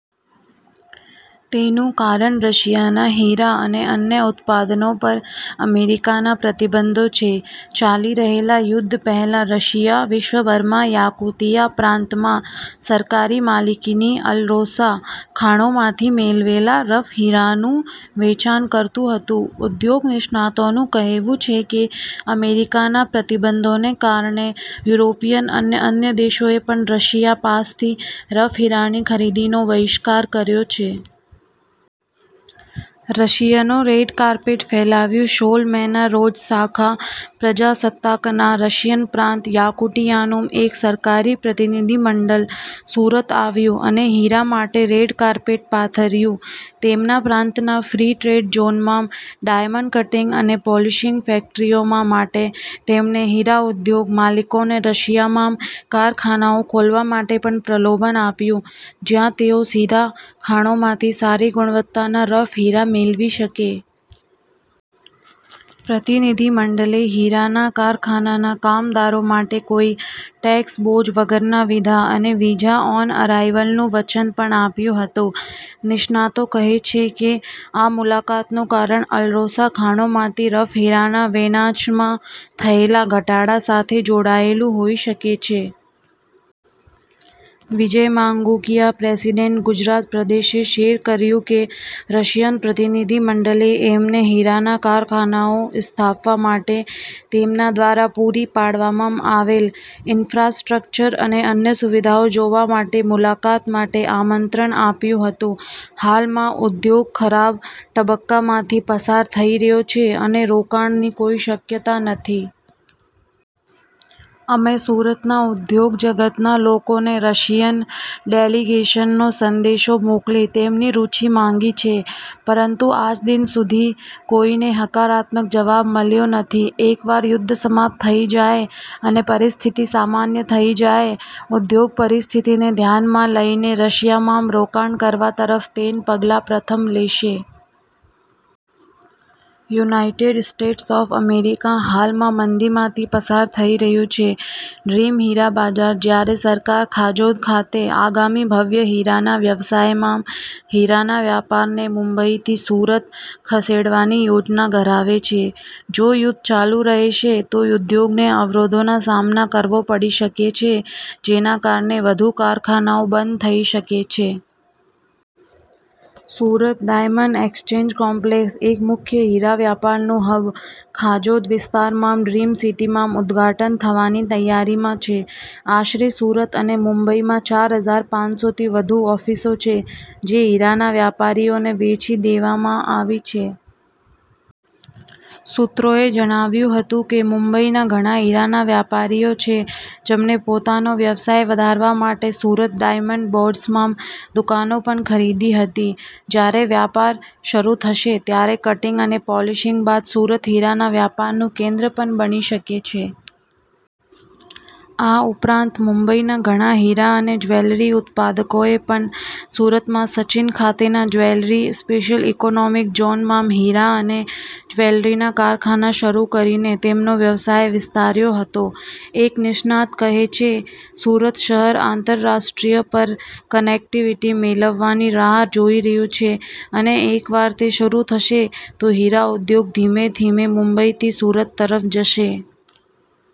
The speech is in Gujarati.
તેનું કારણ રશિયાના હીરા અને અન્ય ઉત્પાદનો પર અમેરિકાના પ્રતિબંધો છે. ચાલી રહેલા યુદ્ધ પહેલા, રશિયા વિશ્વભરમાં યાકુતિયા પ્રાંતમાં સરકારી માલિકીની અલરોસા ખાણોમાંથી મેળવેલા રફ હીરાનું વેચાણ કરતું હતું. ઉદ્યોગ નિષ્ણાતોનું કહેવું છે કે અમેરિકાના પ્રતિબંધોને કારણે યુરોપિયન અને અન્ય દેશોએ પણ રશિયા પાસેથી રફ હીરાની ખરીદીનો બહિષ્કાર કર્યો છે. રશિયનો રેડ કાર્પેટ ફેલાવ્યું શોળ મેના રોજ, સાખા પ્રજાસત્તાકના રશિયન પ્રાંત યાકુટિયાનું એક સરકારી પ્રતિનિધિમંડળ સુરત આવ્યું અને હીરા માટે રેડ કાર્પેટ પાથર્યું. તેમના પ્રાંતના ફ્રી ટ્રેડ ઝોનમાં ડાયમંડ કટિંગ અને પોલિશિંગ ફેક્ટરીઓ માટે તેમણે હીરા ઉદ્યોગ માલિકોને રશિયામાં કારખાનાઓ ખોલવા માટે પણ પ્રલોભન આપ્યું, જ્યાં તેઓ સીધા ખાણોમાંથી સારી ગુણવત્તાના રફ હીરા મેળવી શકે. પ્રતિનિધિમંડળે હીરાના કારખાનાના કામદારો માટે કોઈ ટેક્સ બોજ વગરના વિધા અને વિઝા-ઓન-અરાઈવલનું વચન પણ આપ્યું હતું. નિષ્ણાતો કહે છે કે, આ મુલાકાતનું કારણ અલરોસા ખાણોમાંથી રફ હીરાના વેચાણમાં થયેલા ઘટાડા સાથે જોડાયેલું હોઈ શકે છે. વિજય માંગુકિયા, પ્રેસિડેન્ટ, ગુજરાત પ્રદેશે શેર કર્યું કે, રશિયન પ્રતિનિધિમંડળે અમને હીરાના કારખાનાઓ સ્થાપવા માટે તેમના દ્વારા પૂરી પાડવામાં આવેલ ઈન્ફ્રાસ્ટ્રક્ચર અને અન્ય સુવિધાઓ જોવા માટે મુલાકાત માટે આમંત્રણ આપ્યું હતું. હાલમાં, ઉદ્યોગ ખરાબ તબક્કામાંથી પસાર થઈ રહ્યો છે અને રોકાણની કોઈ શક્યતા નથી. અમે સુરતના ઉદ્યોગ જગતના લોકોને રશિયન ડેલિગેશનનો સંદેશો મોકલી તેમની રુચિ માંગી છે. પરંતુ આજદિન સુધી કોઈને હકારાત્મક જવાબ મળ્યો નથી. એકવાર યુદ્ધ સમાપ્ત થઈ જાય અને પરિસ્થિતિ સામાન્ય થઈ જાય, ઉદ્યોગ પરિસ્થિતિને ધ્યાનમાં લઈને રશિયામાં રોકાણ કરવા તરફ તેના પ્રથમ પગલાં લેશે. યુનાઈટેડ સ્ટેટ્સ ઑફ અમેરિકા હાલમાં મંદીમાંથી પસાર થઈ રહ્યું છે. " 'ડ્રીમ' હીરા બજાર જ્યારે સરકાર ખાજોદ ખાતે આગામી ભવ્ય હીરાના વ્યવસાયમાં હીરાના વેપારને મુંબઈથી સુરત ખસેડવાની યોજના ધરાવે છે, જો યુદ્ધ ચાલુ રહેશે તો, ઉદ્યોગને અવરોધોનો સામનો કરવો પડી શકે છે, જેના કારણે વધુ કારખાનાઓ બંધ થઈ શકે છે. સુરત ડાયમંડ એક્સચેન્જ કોમ્પ્લેક્સ, એક મુખ્ય હીરા વેપારનું હબ, ખાજોદ વિસ્તારમાં ડ્રીમ સિટીમાં ઉદ્ઘાટન થવાની તૈયારીમાં છે. આશરે સુરત અને મુંબઈમાં ચાર હજાર પાંચસો થી વધુ ઓફિસો છે, જે હીરાના વેપારીઓને વેચી દેવામાં આવી છે. સૂત્રોએ જણાવ્યું હતું કે, મુંબઈના ઘણા હીરાના વેપારીઓ છે, જેમણે પોતાનો વ્યવસાય વધારવા માટે સુરત ડાયમંડ બોર્સમાં દુકાનો પણ ખરીદી હતી. જ્યારે વેપાર શરૂ થશે ત્યારે કટિંગ અને પોલિશિંગ બાદ સુરત હીરાના વેપારનું કેન્દ્ર પણ બની શકે છે. આ ઉપરાંત, મુંબઈના ઘણા હીરા અને જ્વેલરી ઉત્પાદકોએ પણ સુરતમાં સચિન ખાતેના જ્વેલરી સ્પેશિયલ ઈકોનોમિક ઝોનમાં હીરા અને જ્વેલરીના કારખાના શરૂ કરીને તેમનો વ્યવસાય વિસ્તાર્યો હતો. એક નિષ્ણાત કહે છે, "સુરત શહેર આંતરરાષ્ટ્રીય એર કનેક્ટિવિટી મેળવવાની રાહ જોઈ રહ્યું છે અને એકવાર તે શરૂ થશે, તો હીરા ઉદ્યોગ ધીમે ધીમે મુંબઈથી સુરત તરફ જશે. "